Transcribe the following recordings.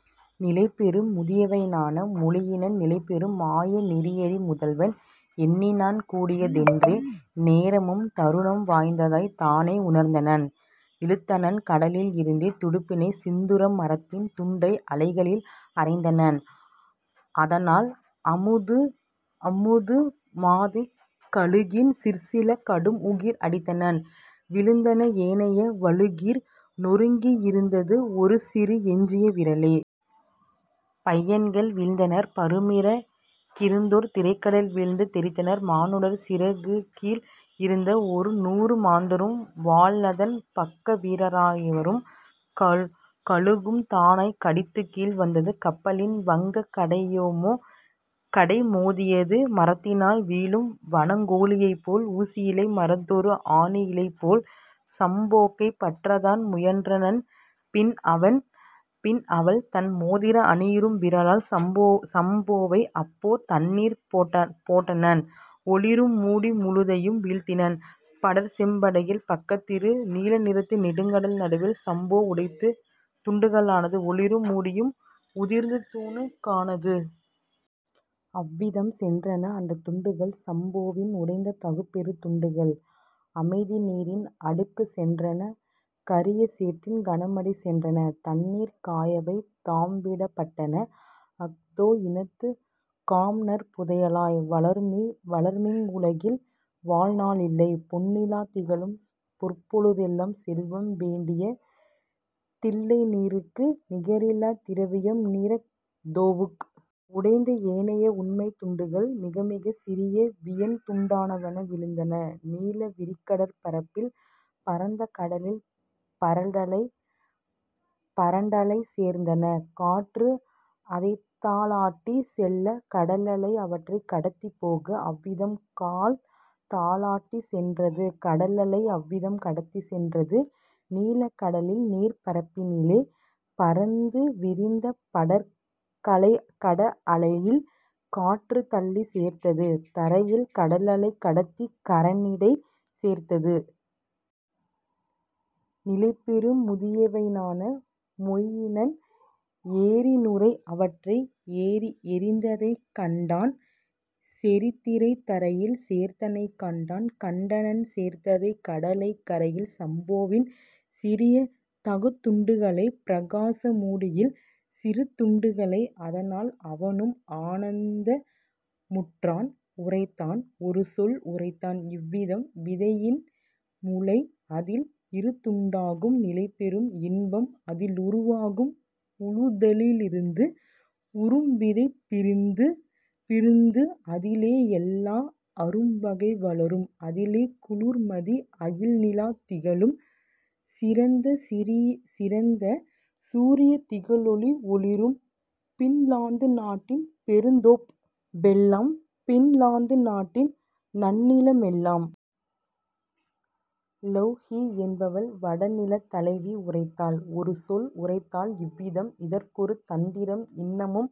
" நிலைபெறும் முதிய வைனா மொயினன் நிலைபெறும் மாய நெறியறி முதல்வன்। எண்ணினன் கூடிய தென்றே நேரமும் தருணம் வந்ததாய்த் தானே உணர்ந்தனன்; இழுத்தனன் கடலில் இருந்தே துடுப்பினை சிந்துர மரத்தின் துண்டை அலைகளில் அறைந்தனன் அதனால் அம்முது மாதை கழுகின் சிற்சில கடும்உகிர் அடித்தனன் விழுந்தன ஏனைய வள்ளுகிர் நொருங்கி இருந்தது ஒருசிறு எஞ்சிய விரலே. பையன்கள் வீழ்ந்தனர் பருமிற கிருந்தோர் திரைகடல் வீழ்ந்து தெறித்தனர் மானுடர் சிறகுகீழ் இருந்த ஒருநூறு மாந்தரும் வாலதன் பக்க வீரரா யிரவரும் கழுகும் தானாய்க் கடிதுகீழ் வந்தது கப்பலின் வங்கக் கட்டைமோ தியது மரத்தினால் வீழும் வனக்கோ ழியைப்போல் ஊசி யிலைமரத் தொருஅணி லைப்போல். சம்போகைப் பற்றத் தான்முயன் றனள்பின் அவள் தன்மோதிர அணியுறும் விரலால் சம்போவை அப்போ தண்ணீர்ப் போட்டனள் ஒளிரும் மூடி முழுதையும் வீழ்த்தினள் படர்செம் படகின் பக்கத் திருந்து நீல நிறத்து நெடுங்கடல் நடுவில் சம்போ உடைந்து துண்டுக ளானது ஒளிரும் மூடியும் உதிர்துணுக் கானது. அவ்விதம் சென்றன அந்தத் துண்டுகள் சம்போவின் உடைந்த தகுபெருந் துண்டுகள் அமைதி நீரின் அடிக்குச் சென்றன கரிய சேற்றின் கனமடி சென்றன. தண்ணீர்க் காயவை தாம்விடப் பட்டன அஹ்தோ இனத்துக் காம்நற் புதையலாய்; வளருமிவ் வுலகின் வாழ்நா ளிலிலை பொன்னிலாத் திகழும் பொற்பொழு தெல்லாம் செல்வம் வேண்டிய தில்லைநீ ருக்கு நிகரிலாத் திரவியம் நீரஹ் தோவுக். உடைந்த ஏனைய உண்மைத் துண்டுகள் மிகமிகச் சிறிய வியன்துண் டாவன விழுந்தன நீல விரிகடற் பரப்பில் பரந்த கடலின் படரலைச் சேர்ந்தன காற்று அதைத்தா லாட்டிச் செல்ல கடலலை அவற்றைக் கடத்திப் போக. அவ்விதம் கால்தா லாட்டிச் சென்றது கடலலை அவ்விதம் கடத்திச் சென்றது நீலக் கடலின் நீர்ப்பரப் பினிலே பரந்து விரிந்த படர்கட லலையில் காற்றுத் தள்ளிச் சேர்த்தது தரையில் கடலலை கடத்திக் கரையிடைச் சேர்த்தது. நிலைபெறும் முதிய வைனா மொயினன் எறிநுரை அவற்றை எறிந்ததைக் கண்டான் செறிதிரை தரையில் சேர்த்ததைக் கண்டான் கண்டனன் சேர்த்ததைக் கடலலை கரையில் சம்போவின் சிறிய தகுதுண் டுகளை பிரகாச மூடியின் சிறுதுண் டுகளை. அதனால் அவனும் ஆனந்த முற்றான் உரைத்தான் ஒருசொல் உரைத்தான் இவ்விதம்: "விதையின் முளைஅதில் இருந்துண் டாகும் நிலைபெறும் இன்பம் அதிலுரு வாகும் உழுதலி லிருந்து உறும்விதைப் பிருந்து அதிலே எல்லா அரும்வகை வளரும் அதிலே குளிர்மதி அகல்நிலாத் திகழும் சிறந்த சூரியத் திகழொளி ஒளிரும் பின்லாந்து நாட்டின் பெருந்தோப் பெல்லாம் பின்லாந்து நாட்டின் நன்னில மெல்லாம். " லொவ்ஹி என்பவள் வடநிலத் தலைவி உரைத்தாள் ஒருசொல் உரைத்தாள் இவ்விதம்: "இதற்கொரு தந்திரம் இன்னமும்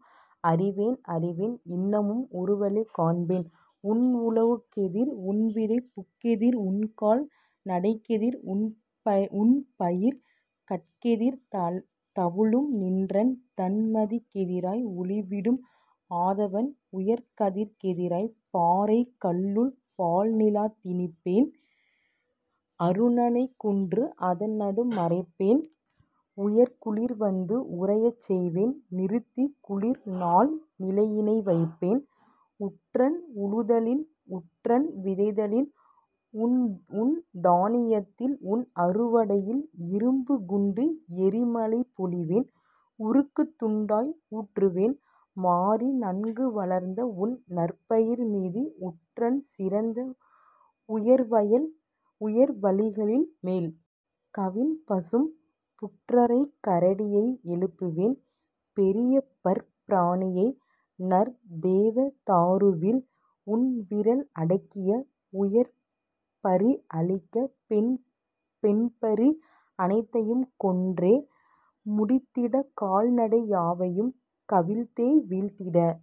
அறிவேன் அறிவேன் இன்னமும் ஒருவழி காண்பேன் உன்உழ வுக்கெதிர் உன்விதைப் புக்கெதிர் உன்கால் நடைக்கெதிர் உன்பயிர் கட்கெதிர் தவழும் நின்றன் தண்மதிக் கெதிராய் ஒளிவிடும் ஆதவன் உயர்கதிர்க் கெதிராய் பாறைக் கல்லுள் பால்நிலாத் திணிப்பேன் அருணனைக் குன்று அதன்நடு மறைப்பேன் உயர்குளிர் வந்து உறையச் செய்வேன் நிறுத்திக் குளிர்நாள் நிலையினை வைப்பேன் உன்றன் உழுதலில் உன்றன் விதைத்தலில் உன்தா னியத்தில் உன்அறு வடையில் இரும்புக் குண்டு எறிமழை பொழிவேன் உருக்குத் துண்டாய் ஊற்றுவேன் மாரி நன்கு வளர்ந்தஉன் நற்பயிர் மீது உன்றன் சிறந்த உயர்வயல் களின்மேல். கவின்பசும் புற்றரைக் கரடியை எழுப்புவேன் பெரியபற் பிராணியை நறுந்தேவ தாருவில் உன்விறல் அடக்கிய உயர்பரி அழிக்க பெண்பரி அனைத்தையும் கொன்றே முடித்திட கால்நடை யாவையும் கவிழ்த்தே வீழ்த்திட